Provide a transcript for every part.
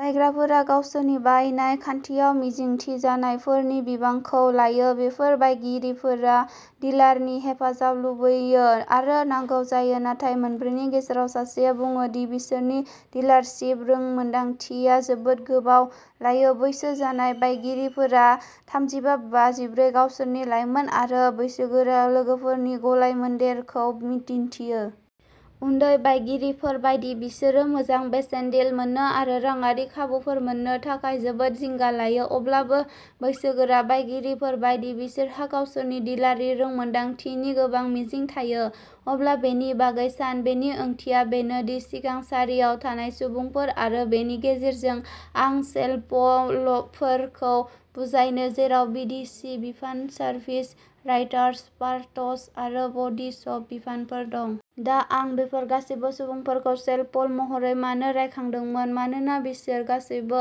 बायग्राफोरा गावसोरनि बायनाय खान्थियाव मिजिंथिजानायफोरनि बिबांखौ लायो। बेफोर बायगिरिफोरा डिलारनि हेफाजाब लुबैयो आरो नांगौ जायो, नाथाय मोनब्रैनि गेजेराव सासेया बुङो दि बिसोरनि डिलारशिप रोंमोन्दांथिया जोबोद गोबाव लायो। बैसो जानाय बायगिरिफोरा थामजिबा बाजिब्रै गावसोरनि लाइमोन आरो बैसोगोरा लोगोफोरनि गलायमोन्देरखौ दिन्थियो। उन्दै बायगिरिफोर बायदि, बिसोरो मोजां बेसेन डिल मोन्नो आरो राङारि खाबुफोर मोन्नो थाखाय जोबोद जिंगा लायो। अब्लाबो बैसोगोरा बायगिरिफोर बायदि, बिसोरहा गावसोरनि डिलारनि रोंमोन्दांथिनि गोबां मिजिं थायो। अब्ला बेनि बागै सान। बेनि ओंथिया बेनो दि सिगां सारियाव थानाय सुबुंफोर आरो बेनि गेजेरजों आं सेल्सप'लफोरखौ बुजायो, जेराव बि दि सि बिफान, सार्भिस राइटार्स, पार्ट्स आरो बडी शप बिफानफोर दं। दा आं बेफोर गासैबो सुबुंफोरखौ सेल्सप'ल महरै मानो रायखांदोंमोन? मानोना बिसोर गासैबो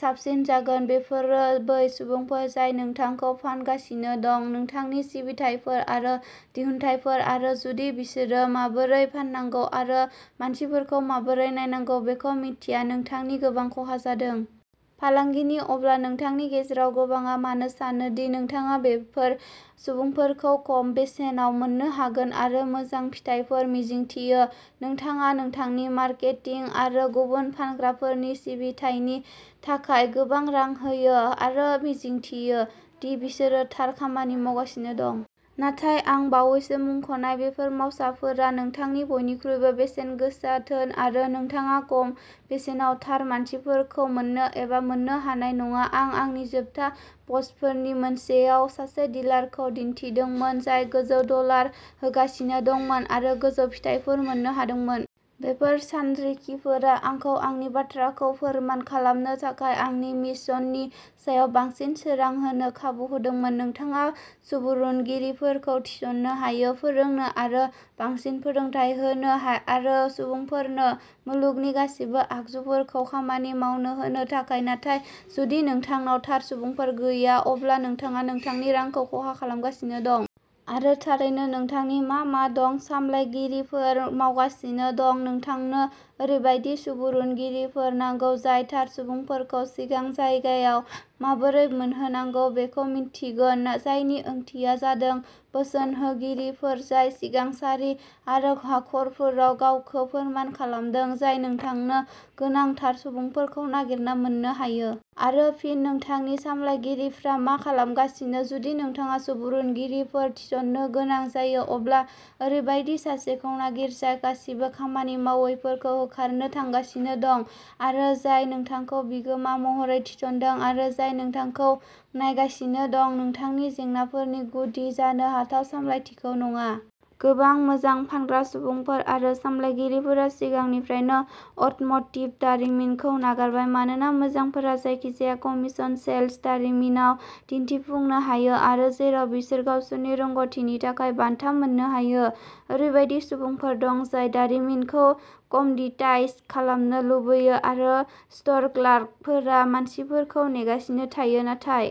साबसिन जागोन। बेफोरो बै सुबुंफोर जाय नोंथांखौ फानगासिनो दं, नोंथांनि सिबिथाइफोर आरो दिहुनथायफोर आरो जुदि बिसोरो माबोरै फाननांगौ आरो मानसिफोरखौ माबोरै नायनांगौ बेखौ मिथिया-नोंथांनि गोबां खहा जादों। फालांगिनि। अब्ला नोंथांनि गेजेराव गोबांआ मानो सानो दि नोंथाङा बेफोर सुबुंफोरखौ खम बेसेनाव मोन्नो हागोन आरो मोजां फिथायफोर मिजिंथियो। नोंथाङा नोंथांनि मार्केटिं आरो गुबुन फानग्राफोरनि सिबिथायनि थाखाय गोबां रां होयो आरो मिजिंथियो दि बिसोरो थार खामानि मावगासिनो दं। नाथाय आं बावैसो मुंख'नाय बेफोर मावसाफोरा नोंथांनि बयनिख्रुइबो बेसेनगोसा धोन आरो नोंथाङा खम बेसेनाव थार मानसिफोरखौ मोन्नो एबा मोन्नो हानाय नङा। आं आंनि जोबथा पस्टफोरनि मोनसेयाव सासे डिलारखौ दिन्थिदोंमोन जाय गोजौ डलार होगासिनो दंमोन आरो गोजौ फिथायफोर मोन्नो हादोंमोन। बेफोर सानरिखिफोरा आंखौ आंनि बाथ्राखौ फोरमान खालामनो थाखाय आंनि मिशननि सायाव बांसिन सोरां होनो खाबु होदोंमोन। नोंथाङा सुबुरुनगिरिफोरखौ थिसननो हायो, फोरोंनो आरो बांसिन फोरोंथाय होनो आरो सुबुंफोरनो मुलुगनि गासिबो आगजुफोरखौ खामानि मावनो होनो थाखाय, नाथाय जुदि नोंथांनाव थार सुबुंफोर गैया, अब्ला नोंथाङा नोंथांनि रांखौ खहा खालामगासिनो दं। आरो थारैनो नोंथांनि मा मा दं? सामलायगिरिफोर मावगासिनो दं? नोंथांनो ओरैबायदि सुबुरुनगिरिफोर नांगौ जाय थार सुबुंफोरखौ सिगां जायगायाव माबोरै मोनहोनांगौ बेखौ मिन्थिगोन जायनि ओंथिया जादों बोसोनहोगिरिफोर जाय सिगां सारि आरो हाखरफोराव गावखौ फोरमान खालामदों जाय नोंथांनो गोनां थार सुबुंफोरखौ नागिरना मोन्नो हायो। आरो फिन, नोंथांनि सामलायगिरिफ्रा मा खालामगासिनो? जुदि नोंथाङा सुबुरुनगिरिफोर थिसननो गोनां जायो, अब्ला ओरैबायदि सासेखौ नागिर जाय गासिबो खामानि मावैफोरखौ होखारनो थांगासिनो दं आरो जाय नोंथांखौ बिगोमा महरै थिसनदों आरो जाय नोंथांखौ नायगासिनो दं, नोंथांनि जेंनाफोरनि गुदि जानो हाथाव सामलायथिखौ नङा। गोबां मोजां फानग्रा सुबुंफोर आरो सामलायगिरिफोरा सिगांनिफ्रायनो अट'म'टिभ दारिमिनखौ नागारबाय मानोना मोजांफोरा जायखिजाया कमीशन सेल्स दारिमिनाव दिन्थिफुंनो हायो आरो जेराव बिसोर गावसोरनि रोंग'थिनि थाखाय बान्था मोननो हायो। ओरैबायदि सुबुंफोर दं जाय दारिमिनखौ कम'डिटाइज खालामनो लुबैयो आरो स्ट'र क्लार्कफोरा मानसिफोरखौ नेगासिनो थायो। नाथाय